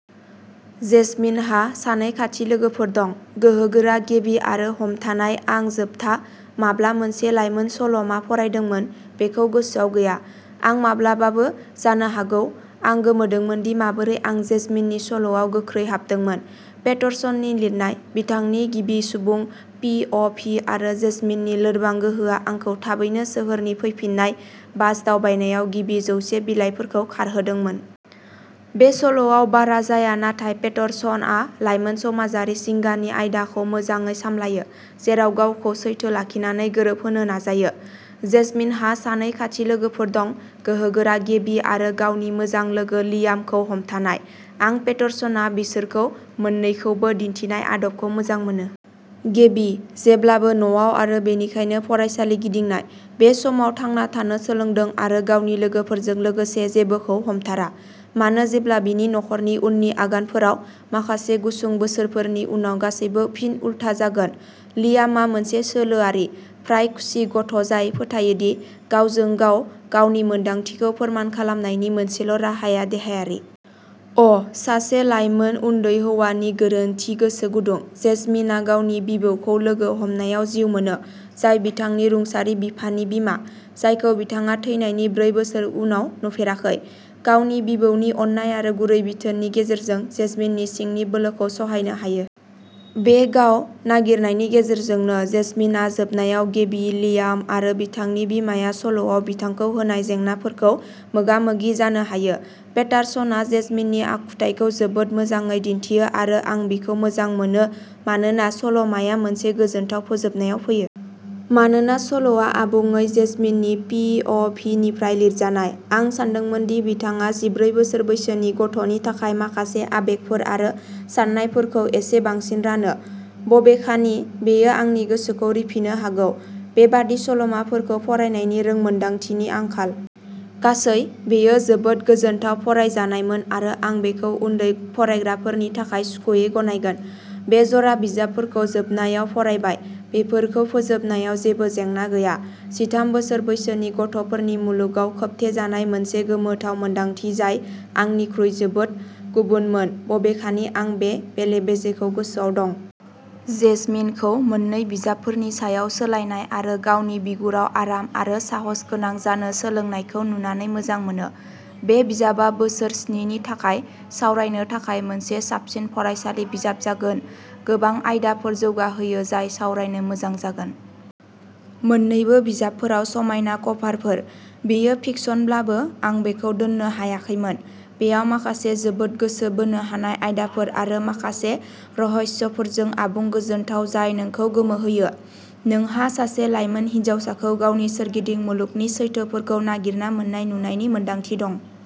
जेजमिनहा सानै खाथि लोगोफोर दं, गोहोगोरा गेबी आरो हमथानाय आं जोबथा माब्ला मोनसे लाइमोन सल'मा फरायदोंमोन बेखौ गोसोआव गैया। आं माब्लाबाबो जानो हागौ। आं गोमोदोंमोनदि माबोरै आं जेजमिननि सल'आव गोख्रै हाबदोंमोन। पेटर्सननि लिरनाय, बिथांनि गिबि सुबुं पि अ भि आरो जेजमिननि लोरबां गोहोआ आंखौ थाबैनो सोहोरनि फैफिन्नाय बास दावबायनायाव गिबि जौसे बिलाइफोरखौ खारहोदोंमोन। बे सल'आव बारा जाया नाथाय पेटर्सनआ लाइमोन समाजारि जिंगानि आयदाखौ मोजाङै सामलायो, जेराव गावखौ सैथो लाखिनानै गोरोबहोनो नाजायो। जेजमिनहा सानै खाथि लोगोफोर दं, गोहोगोरा गेबी आरो गावनि मोजां लोगो लियामखौ हमथानाय। आं पेटर्सनआ बिसोरखौ मोन्नैखौबो दिन्थिनाय आदबखौ मोजां मोनो। गेबी, जेब्लाबो न'आव आरो बेनिखायनो फरायसालि गिदिंनाय, बे समाव थांना थानो सोलोंदों आरो गावनि लोगोफोरजों लोगोसे जेबोखौ हमथारा। मानो जेब्ला बिनि नखरनि उननि आगानफोराव माखासे गुसुं बोसोरफोरनि उनाव गासैबो फिन उलथा जागोन। लियामआ मोनसे सोलोआरि, फ्राय खुसि गथ'जाय फोथायो दि गावजों गाव गावनि मोनदांथिखौ फोरमान खालामनायनि मोनसेल' राहाया देहायारि। अ सासे लाइमोन उन्दै हौवानि गोरोन्थि गोसो गुदुं। जेजमिनआ गावनि बिबौखौ लोगो हमनायाव जिउ मोनो, जाय बिथांनि रुंसारि बिफानि बिमा, जायखौ बिथाङा थैनायनि ब्रै बोसोर उनाव नुफेराखै। गावनि बिबौनि अननाय आरो गुरै बिथोननि गेजेरजों, जेजमिननि सिंनि बोलोखौ सहायनो हायो। बे गाव-नागिरनायनि गेजेरजोंनो, जेजमिनआ जोबनायाव गेबी, लियाम आरो बिथांनि बिमाया सल'आव बिथांखौ होनाय जेंनाफोरखौ मोगा-मोगि जानो हायो। पेटारसनआ जेजमिननि आखुथाइखौ जोबोद मोजाङै दिन्थियो आरो आं बिखौ मोजां मोनो मानोना सल'माआ मोनसे गोजोनथाव फोजोबनायाव फैयो। मानोना सल'आ आबुङै जेजमिननि पि अ भि निफ्राय लिरजानाय, आं सानदोंमोन दि बिथाङा जिब्रै बोसोर बैसोनि गथ'नि थाखाय माखासे आबेगफोर आरो साननायफोरखौ एसे बांसिन रानो। बबेखानि, बेयो आंनि गोसोखौ रिफिनो हागौ। बेबादि सल'माफोरखौ फरायनायनि रोंमोनदांथिनि आंखाल। गासै, बेयो जोबोद गोजोनथाव फरायजानायमोन आरो आं बेखौ उन्दै फरायग्राफोरनि थाखाय सुखुयै गनायगोन। बे जरा बिजाबफोरखौ जोबनायाव फरायबाय। बेफोरखौ फोजोबनायाव जेबो जेंना गैया। जिथाम बोसोर बैसोनि गथ'फोरनि मुलुगाव खोबथेजानाय मोनसे गोमोथाव मोनदांथि जाय आंनिख्रुइ जोबोद गुबुनमोन-बबेखानि आं बे बेले-बेजेखौ गोसोआव दं। जेजमिनखौ मोन्नै बिजाबफोरनि सायाव सोलायनाय आरो गावनि बिगुराव आराम आरो साहसगोनां जानो सोलोंनायखौ नुनानै मोजां मोनो। बे बिजाबआ बोसोर स्नि नि थाखाय सावरायनो थाखाय मोनसे साबसिन फरायसालि बिजाब जागोन। गोबां आयदाफोर जौगाहोयो जाय सावरायनो मोजां जागोन। मोन्नैबो बिजाबफोराव समायना कभारफोर। बेयो फिकशनब्लाबो आं बेखौ दोननो हायाखैमोन। बेयाव माखासे जोबोद गोसो बोनो हानाय आयदाफोर आरो माखासे रहस्यफोरजों आबुं गोजोनथाव जाय नोंखौ गोमोहोयो। नोंहा सासे लाइमोन हिनजावसाखौ गावनि सोरगिदिं मुलुगनि सैथोफोरखौ नागिरना मोन्नाय नुनायनि मोनदांथि दं।